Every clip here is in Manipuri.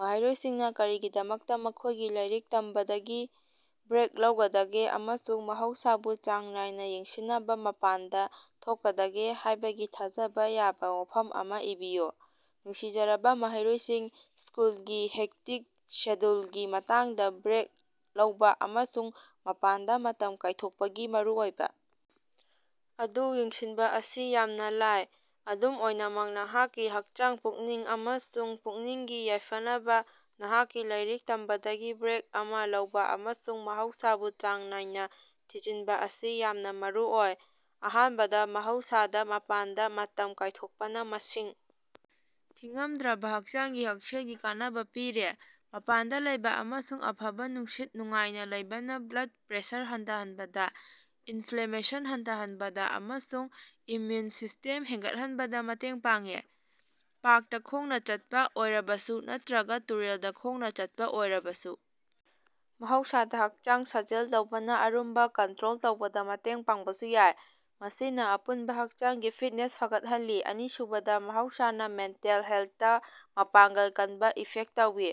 ꯃꯍꯩꯔꯣꯏꯁꯤꯡꯅ ꯀꯔꯤꯒꯤꯗꯃꯛꯇ ꯃꯈꯣꯏꯒꯤ ꯂꯥꯏꯔꯤꯛ ꯇꯝꯕꯗꯒꯤ ꯕ꯭ꯔꯦꯛ ꯂꯧꯒꯗꯒꯦ ꯑꯃꯁꯨꯡ ꯃꯍꯧꯁꯥꯕꯨ ꯆꯥꯡ ꯅꯥꯏꯅ ꯌꯦꯡꯁꯤꯟꯅꯕ ꯃꯄꯥꯟꯗ ꯊꯣꯛꯀꯗꯒꯦ ꯍꯥꯏꯕꯒꯤ ꯊꯥꯖꯕ ꯌꯥꯕ ꯋꯥꯐꯝ ꯑꯃ ꯏꯕꯤꯌꯨ꯫ ꯅꯨꯡꯁꯤꯖꯔꯕ ꯃꯍꯩꯔꯣꯏꯁꯤꯡ, ꯁ꯭ꯀꯨꯜꯒꯤ ꯍꯦꯛꯇꯤꯛ ꯁꯦꯗ꯭ꯌꯨꯂꯒꯤ ꯃꯔꯛꯇꯥ ꯕ꯭ꯔꯦꯛ ꯂꯧꯕ ꯑꯃꯁꯨꯡ ꯃꯄꯥꯟꯗ ꯃꯇꯝ ꯀꯥꯏꯊꯣꯛꯄꯒꯤ ꯃꯔꯨꯑꯣꯏꯕ ꯑꯗꯨ ꯌꯦꯡꯁꯤꯟꯕ ꯑꯁꯤ ꯌꯥꯝꯅ ꯂꯥꯏ꯫ ꯑꯗꯨꯝ ꯑꯣꯏꯅꯃꯛ, ꯅꯍꯥꯛꯀꯤ ꯍꯛꯆꯥꯡ, ꯄꯨꯛꯅꯤꯡ ꯑꯃꯁꯨꯡ ꯄꯨꯛꯅꯤꯡꯒꯤ ꯌꯥꯏꯐꯅꯕꯥ ꯅꯍꯥꯛꯀꯤ ꯂꯥꯏꯔꯤꯛ ꯇꯝꯕꯗꯒꯤ ꯕ꯭ꯔꯦꯛ ꯑꯃꯥ ꯂꯧꯕ ꯑꯃꯁꯨꯡ ꯃꯍꯧꯁꯥꯕꯨ ꯆꯥꯡ ꯅꯥꯏꯅꯥ ꯊꯤꯖꯤꯟꯕ ꯑꯁꯤ ꯌꯥꯝꯅ ꯃꯔꯨꯑꯣꯏ꯫ ꯑꯍꯥꯟꯕꯗ, ꯃꯍꯧꯁꯥꯗ ꯃꯄꯥꯟꯗ ꯃꯇꯝ ꯀꯥꯏꯊꯣꯛꯄꯅ ꯃꯁꯤꯡ ꯊꯤꯉꯝꯗ꯭ꯔꯕ ꯍꯛꯆꯥꯡꯒꯤ ꯍꯛꯁꯦꯜꯒꯤ ꯀꯥꯟꯅꯕ ꯄꯤꯔꯤ꯫ ꯃꯄꯥꯟꯗꯥ ꯂꯩꯕ ꯑꯃꯁꯨꯡ ꯑꯐꯕ ꯅꯨꯡꯁꯤꯠ ꯅꯨꯡꯉꯥꯏꯅ ꯂꯩꯕꯅ ꯕ꯭ꯂꯗ ꯄ꯭ꯔꯦꯁꯔ ꯍꯟꯊꯍꯟꯕꯗ, ꯏꯟꯐ꯭ꯂꯦꯃꯦꯁꯟ ꯍꯟꯊꯍꯟꯕꯗ ꯑꯃꯁꯨꯡ ꯏꯝꯃ꯭ꯌꯨꯟ ꯁꯤꯁ꯭ꯇꯦꯝ ꯍꯦꯟꯒꯠꯍꯟꯕꯗ ꯃꯇꯦꯡ ꯄꯥꯡꯏ꯫ ꯄꯥꯔꯛꯇꯥ ꯈꯣꯡꯅ ꯆꯠꯄ ꯑꯣꯏꯔꯕꯁꯨ ꯅꯠꯇ꯭ꯔꯒ ꯇꯨꯔꯦꯜꯗ ꯈꯣꯡꯅ ꯆꯠꯄꯥ ꯑꯣꯏꯔꯕꯁꯨ, ꯃꯍꯧꯁꯥꯗ ꯍꯛꯆꯥꯡ ꯁꯥꯖꯦꯜ ꯇꯧꯕꯅ ꯑꯔꯨꯝꯕ ꯀꯟꯇ꯭ꯔꯣꯜ ꯇꯧꯕꯗ ꯃꯇꯦꯡ ꯄꯥꯡꯕꯁꯨ ꯌꯥꯏ, ꯃꯁꯤꯅꯥ ꯑꯄꯨꯟꯕ ꯍꯛꯆꯥꯡꯒꯤ ꯐꯤꯠꯅꯦꯁ ꯐꯒꯠꯍꯜꯂꯤ꯫ ꯑꯅꯤꯁꯨꯕꯗ, ꯃꯍꯧꯁꯥꯅ ꯃꯦꯟꯇꯦꯜ ꯍꯦꯜꯊꯇ ꯃꯄꯥꯡꯒꯜ ꯀꯟꯕ ꯏꯐꯦꯛꯇ ꯇꯧꯏ꯫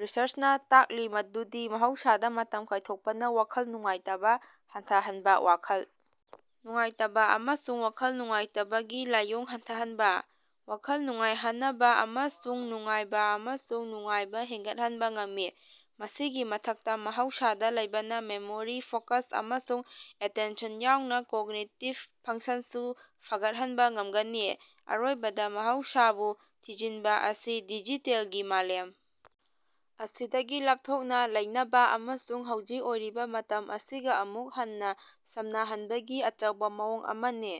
ꯔꯤꯁꯔꯆꯅꯥ ꯇꯥꯛꯂꯤ ꯃꯗꯨꯗꯤ ꯃꯍꯧꯁꯥꯗ ꯃꯇꯝ ꯀꯥꯌꯊꯣꯛꯄꯅ ꯋꯥꯈꯜ ꯅꯨꯡꯉꯥꯏꯇꯕ ꯍꯟꯊꯍꯟꯕ, ꯋꯥꯈꯜ ꯅꯨꯡꯉꯥꯏꯇꯕ ꯑꯃꯁꯨꯡ ꯋꯥꯈꯜ ꯅꯨꯡꯉꯥꯏꯇꯕꯒꯤ ꯂꯥꯏꯑꯣꯡ ꯍꯟꯊꯍꯟꯕ, ꯋꯥꯈꯜ ꯅꯨꯡꯉꯥꯏꯍꯅꯕꯥ ꯑꯃꯁꯨꯡ ꯅꯨꯡꯉꯥꯏꯕꯥ ꯑꯃꯁꯨꯡ ꯅꯨꯡꯉꯥꯏꯕꯥ ꯍꯦꯟꯒꯠꯍꯟꯕ ꯉꯝꯃꯤ꯫ ꯃꯁꯤꯒꯤ ꯃꯊꯛꯇ, ꯃꯍꯧꯁꯥꯗꯥ ꯂꯩꯕꯅꯥ ꯃꯦꯃꯣꯔꯤ, ꯐꯣꯀꯁ ꯑꯃꯁꯨꯡ ꯑꯦꯇꯦꯟꯁꯟ ꯌꯥꯎꯅ ꯀꯣꯒꯅꯤꯇꯤꯕ ꯐꯪꯁꯟꯁꯨ ꯐꯒꯠꯍꯟꯕ ꯉꯝꯒꯅꯤ꯫ ꯑꯔꯣꯏꯕꯗ ꯃꯍꯧꯁꯥꯕꯨ ꯊꯤꯖꯤꯟꯕ ꯑꯁꯤ ꯗꯤꯖꯤꯇꯦꯜꯒꯤ ꯃꯥꯂꯦꯝ ꯑꯁꯤꯗꯒꯤ ꯂꯥꯞꯊꯣꯛꯅ ꯂꯩꯅꯕ ꯑꯃꯁꯨꯡ ꯍꯧꯖꯤꯛ ꯑꯣꯏꯔꯤꯕ ꯃꯇꯝ ꯑꯁꯤꯒ ꯑꯃꯨꯛ ꯍꯟꯅ ꯁꯝꯅꯍꯟꯕꯒꯤ ꯑꯆꯧꯕ ꯃꯑꯣꯡ ꯑꯃꯅꯤ꯫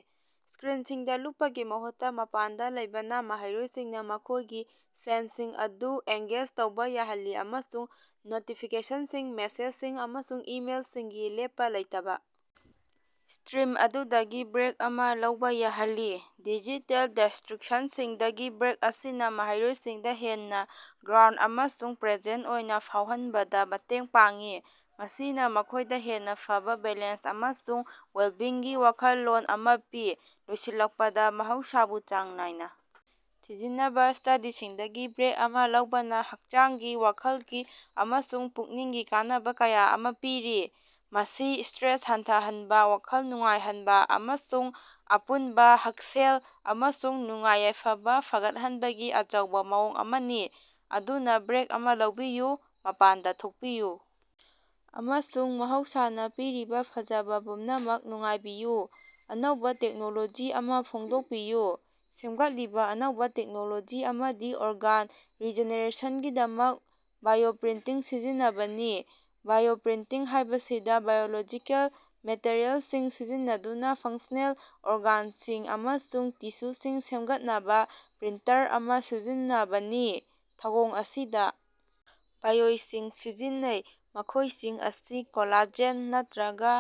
ꯁ꯭ꯀꯔꯤꯟꯁꯤꯡꯗ ꯂꯨꯞꯄꯒꯤ ꯃꯍꯨꯠꯇ ꯃꯄꯥꯟꯗ ꯂꯩꯕꯅ ꯃꯍꯩꯔꯣꯏꯁꯤꯡꯅ ꯃꯈꯣꯏꯒꯤ ꯁꯦꯟꯁꯁꯤꯡ ꯑꯗꯨ ꯑꯦꯡꯒꯦꯖ ꯇꯧꯕ ꯌꯥꯍꯜꯂꯤ ꯑꯃꯁꯨꯡ ꯅꯣꯇꯤꯐꯤꯀꯦꯁꯟꯁꯤꯡ, ꯃꯦꯁꯦꯖꯁꯤꯡ ꯑꯃꯁꯨꯡ ꯏꯃꯦꯜꯁꯤꯡꯒꯤ ꯂꯦꯞꯄ ꯂꯩꯇꯕ ꯁ꯭ꯇꯔꯤꯝ ꯑꯗꯨꯗꯒꯤ ꯕ꯭ꯔꯦꯛ ꯑꯃ ꯂꯧꯕ ꯌꯥꯍꯜꯂꯤ꯫ ꯗꯤꯖꯤꯇꯦꯜ ꯗꯤꯁꯇ꯭ꯔꯤꯛꯁꯟꯁꯤꯡꯗꯒꯤ ꯕ꯭ꯔꯦꯛ ꯑꯁꯤꯅ ꯃꯍꯩꯔꯣꯏꯁꯤꯡꯗ ꯍꯦꯟꯅ ꯒ꯭ꯔꯥꯎꯟꯗ ꯑꯃꯁꯨꯡ ꯄ꯭ꯔꯦꯖꯦꯟꯇ ꯑꯣꯏꯅ ꯐꯥꯎꯍꯟꯕꯗ ꯃꯇꯦꯡ ꯄꯥꯡꯏ, ꯃꯁꯤꯅ ꯃꯈꯣꯏꯗ ꯍꯦꯟꯅ ꯐꯕꯥ ꯕꯦꯂꯦꯟꯁ ꯑꯃꯁꯨꯡ ꯋꯦꯜꯕꯤꯡꯒꯤ ꯋꯥꯈꯜꯂꯣꯟ ꯑꯃ ꯄꯤ꯫ ꯂꯣꯏꯁꯤꯜꯂꯛꯄꯗ, ꯃꯍꯧꯁꯥꯕꯨ ꯆꯥꯡ ꯅꯥꯏꯅ ꯊꯤꯖꯤꯟꯅꯕ ꯁ꯭ꯇꯗꯤꯁꯤꯡꯗꯒꯤ ꯕ꯭ꯔꯦꯛ ꯑꯃ ꯂꯧꯕꯅ ꯍꯛꯆꯥꯡꯒꯤ, ꯋꯥꯈꯜꯒꯤ ꯑꯃꯁꯨꯡ ꯄꯨꯛꯅꯤꯡꯒꯤ ꯀꯥꯟꯅꯕ ꯀꯌꯥ ꯑꯃ ꯄꯤꯔꯤ꯫ ꯃꯁꯤ ꯁ꯭ꯠꯔꯦꯁ ꯍꯟꯊꯍꯟꯕ, ꯋꯥꯈꯜ ꯅꯨꯡꯉꯥꯏꯍꯟꯕ ꯑꯃꯁꯨꯡ ꯑꯄꯨꯟꯕ ꯍꯛꯁꯦꯜ ꯑꯃꯁꯨꯡ ꯅꯨꯡꯉꯥꯏ-ꯌꯥꯏꯐꯕ ꯐꯒꯠꯍꯟꯕꯒꯤ ꯑꯆꯧꯕ ꯃꯑꯣꯡ ꯑꯃꯅꯤ꯫ ꯑꯗꯨꯅꯥ, ꯕ꯭ꯔꯦꯛ ꯑꯃꯥ ꯂꯧꯕꯤꯌꯨ, ꯃꯄꯥꯟꯗ ꯊꯣꯛꯄꯤꯌꯨ ꯑꯃꯁꯨꯡ ꯃꯍꯧꯁꯥꯅ ꯄꯤꯔꯤꯕ ꯐꯖꯕ ꯄꯨꯝꯅꯃꯛ ꯅꯨꯡꯉꯥꯏꯕꯤꯌꯨ꯫ ꯑꯅꯧꯕ ꯇꯦꯛꯅꯣꯂꯣꯖꯤ ꯑꯃ ꯐꯣꯡꯗꯣꯛꯄꯤꯌꯨ꯫ ꯁꯦꯝꯒꯠꯂꯤꯕ ꯑꯅꯧꯕꯥ ꯇꯦꯛꯅꯣꯂꯣꯖꯤ ꯑꯃꯗꯤ ꯑꯣꯔꯒꯥꯟ ꯔꯤꯖꯦꯅꯦꯔꯦꯁꯟꯒꯤꯗꯃꯛ ꯕꯥꯏꯑꯣꯄ꯭ꯔꯤꯟꯇꯤꯡ ꯁꯤꯖꯤꯟꯅꯕꯅꯤ꯫ ꯕꯥꯏꯑꯣꯄ꯭ꯔꯤꯟꯇꯤꯡ ꯍꯥꯏꯕꯁꯤꯗ ꯕꯥꯏꯑꯣꯂꯣꯖꯤꯀꯦꯜ ꯃꯦꯇꯔꯤꯑꯦꯜꯁꯤꯡ ꯁꯤꯖꯤꯟꯅꯗꯨꯅ ꯐꯪꯁꯅꯦꯜ ꯑꯣꯔꯒꯥꯟꯁꯤꯡ ꯑꯃꯁꯨꯡ ꯇꯤꯁꯨꯁꯤꯡ ꯁꯦꯝꯒꯠꯅꯕ ꯄ꯭ꯔꯤꯟꯇꯔ ꯑꯃ ꯁꯤꯖꯤꯟꯅꯕꯅꯤ꯫ ꯊꯧꯑꯣꯡ ꯑꯁꯤꯗ ꯕꯥꯏꯑꯣꯏꯁꯤꯡ ꯁꯤꯖꯤꯟꯅꯩ, ꯃꯈꯣꯏꯁꯤꯡ ꯑꯁꯤ ꯀꯣꯂꯥꯖꯦꯟ ꯅꯠꯇ꯭ꯔꯒ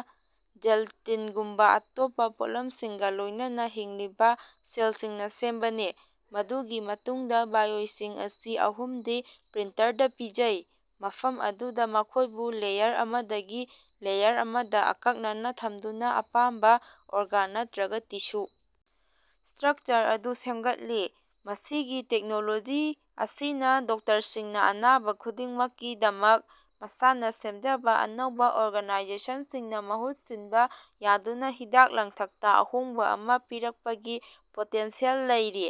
ꯖꯦꯜꯇꯤꯟꯒꯨꯝꯕ ꯑꯇꯣꯞꯄ ꯄꯣꯠꯂꯝꯁꯤꯡꯒ ꯂꯣꯏꯅꯅ ꯍꯤꯡꯂꯤꯕ ꯁꯦꯜꯁꯤꯡꯅ ꯁꯦꯝꯕꯅꯤ꯫ ꯃꯗꯨꯒꯤ ꯃꯇꯨꯡꯗꯥ ꯕꯥꯏꯑꯣꯏꯁꯤꯡ ꯑꯁꯤ ꯑꯍꯨꯝꯗꯤ ꯄ꯭ꯔꯤꯟꯇꯔꯗ ꯄꯤꯖꯩ, ꯃꯐꯝ ꯑꯗꯨꯗ ꯃꯈꯣꯏꯕꯨ ꯂꯦꯌꯔ ꯑꯃꯗꯒꯤ ꯂꯦꯌꯔ ꯑꯃꯗꯥ ꯑꯀꯛꯅꯅ ꯊꯝꯗꯨꯅ ꯑꯄꯥꯝꯕ ꯑꯣꯔꯒꯥꯟ ꯅꯠꯇ꯭ꯔꯒ ꯇꯤꯁꯨ ꯁꯇ꯭ꯔꯛꯆꯔ ꯑꯗꯨ ꯁꯦꯝꯒꯠꯂꯤ꯫ ꯃꯁꯤꯒꯤ ꯇꯦꯛꯅꯣꯂꯣꯖꯤ ꯑꯁꯤꯅꯥ ꯗꯣꯛꯇꯔꯁꯤꯡꯅꯥ ꯑꯅꯥꯕꯥ ꯈꯨꯗꯤꯡꯃꯛꯀꯤꯗꯃꯛ ꯃꯁꯥꯅꯥ ꯁꯦꯝꯖꯕ ꯑꯅꯧꯕ ꯑꯣꯔꯒꯅꯥꯏꯖꯦꯁꯟꯁꯤꯡꯅ ꯃꯍꯨꯠ ꯁꯤꯟꯕ ꯌꯥꯍꯟꯗꯨꯅ ꯍꯤꯗꯥꯛ ꯂꯥꯡꯊꯛꯇ ꯑꯍꯣꯡꯕ ꯑꯃ ꯄꯨꯔꯛꯄꯒꯤ ꯄꯣꯇꯦꯟꯁꯤꯌꯦꯜ ꯂꯩꯔꯤ꯫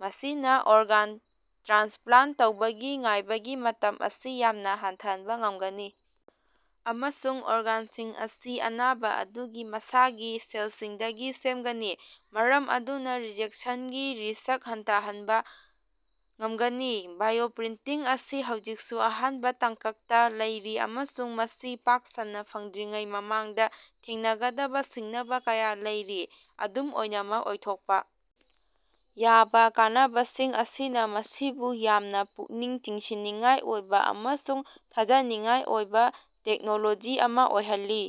ꯃꯁꯤꯅ ꯑꯣꯔꯒꯥꯟ ꯇ꯭ꯔꯥꯟꯁꯄ꯭ꯂꯥꯟꯇ ꯇꯧꯕꯒꯤ ꯉꯥꯏꯕꯒꯤ ꯃꯇꯝ ꯑꯁꯤ ꯌꯥꯝꯅ ꯍꯟꯊꯍꯟꯕ ꯉꯝꯒꯅꯤ ꯑꯃꯁꯨꯡ ꯑꯣꯔꯒꯥꯟꯁꯤꯡ ꯑꯁꯤ ꯑꯅꯥꯕ ꯑꯗꯨꯒꯤ ꯃꯁꯥꯒꯤ ꯁꯦꯜꯁꯤꯡꯗꯒꯤ ꯁꯦꯝꯒꯅꯤ ꯃꯔꯝ ꯑꯗꯨꯅ ꯔꯤꯖꯦꯛꯁꯟꯒꯤ ꯔꯤꯁ꯭ꯛ ꯍꯟꯊꯍꯟꯕ ꯉꯝꯒꯅꯤ꯫ ꯕꯥꯏꯑꯣꯄ꯭ꯔꯤꯟꯇꯤꯡ ꯑꯁꯤ ꯍꯧꯖꯤꯛꯁꯨ ꯑꯍꯥꯟꯕ ꯇꯥꯡꯀꯛꯇ ꯂꯩꯔꯤ ꯑꯃꯁꯨꯡ ꯃꯁꯤ ꯄꯥꯛ ꯁꯟꯅ ꯐꯪꯗ꯭ꯔꯤꯉꯩ ꯃꯃꯥꯡꯗ ꯊꯦꯡꯅꯒꯗꯕ ꯁꯤꯡꯅꯕ ꯀꯌꯥ ꯂꯩꯔꯤ꯫ ꯑꯗꯨꯝ ꯑꯣꯏꯅꯃꯛ, ꯑꯣꯏꯊꯣꯛꯄ ꯌꯥꯕ ꯀꯥꯟꯅꯕꯁꯤꯡ ꯑꯁꯤꯅ ꯃꯁꯤꯕꯨ ꯌꯥꯝꯅ ꯄꯨꯛꯅꯤꯡ ꯆꯤꯡꯁꯤꯟꯅꯤꯡꯉꯥꯏ ꯑꯣꯏꯕ ꯑꯃꯁꯨꯡ ꯊꯥꯖꯅꯤꯡꯉꯥꯏ ꯑꯣꯏꯕ ꯇꯦꯛꯅꯣꯂꯣꯖꯤ ꯑꯃ ꯑꯣꯏꯍꯜꯂꯤ꯫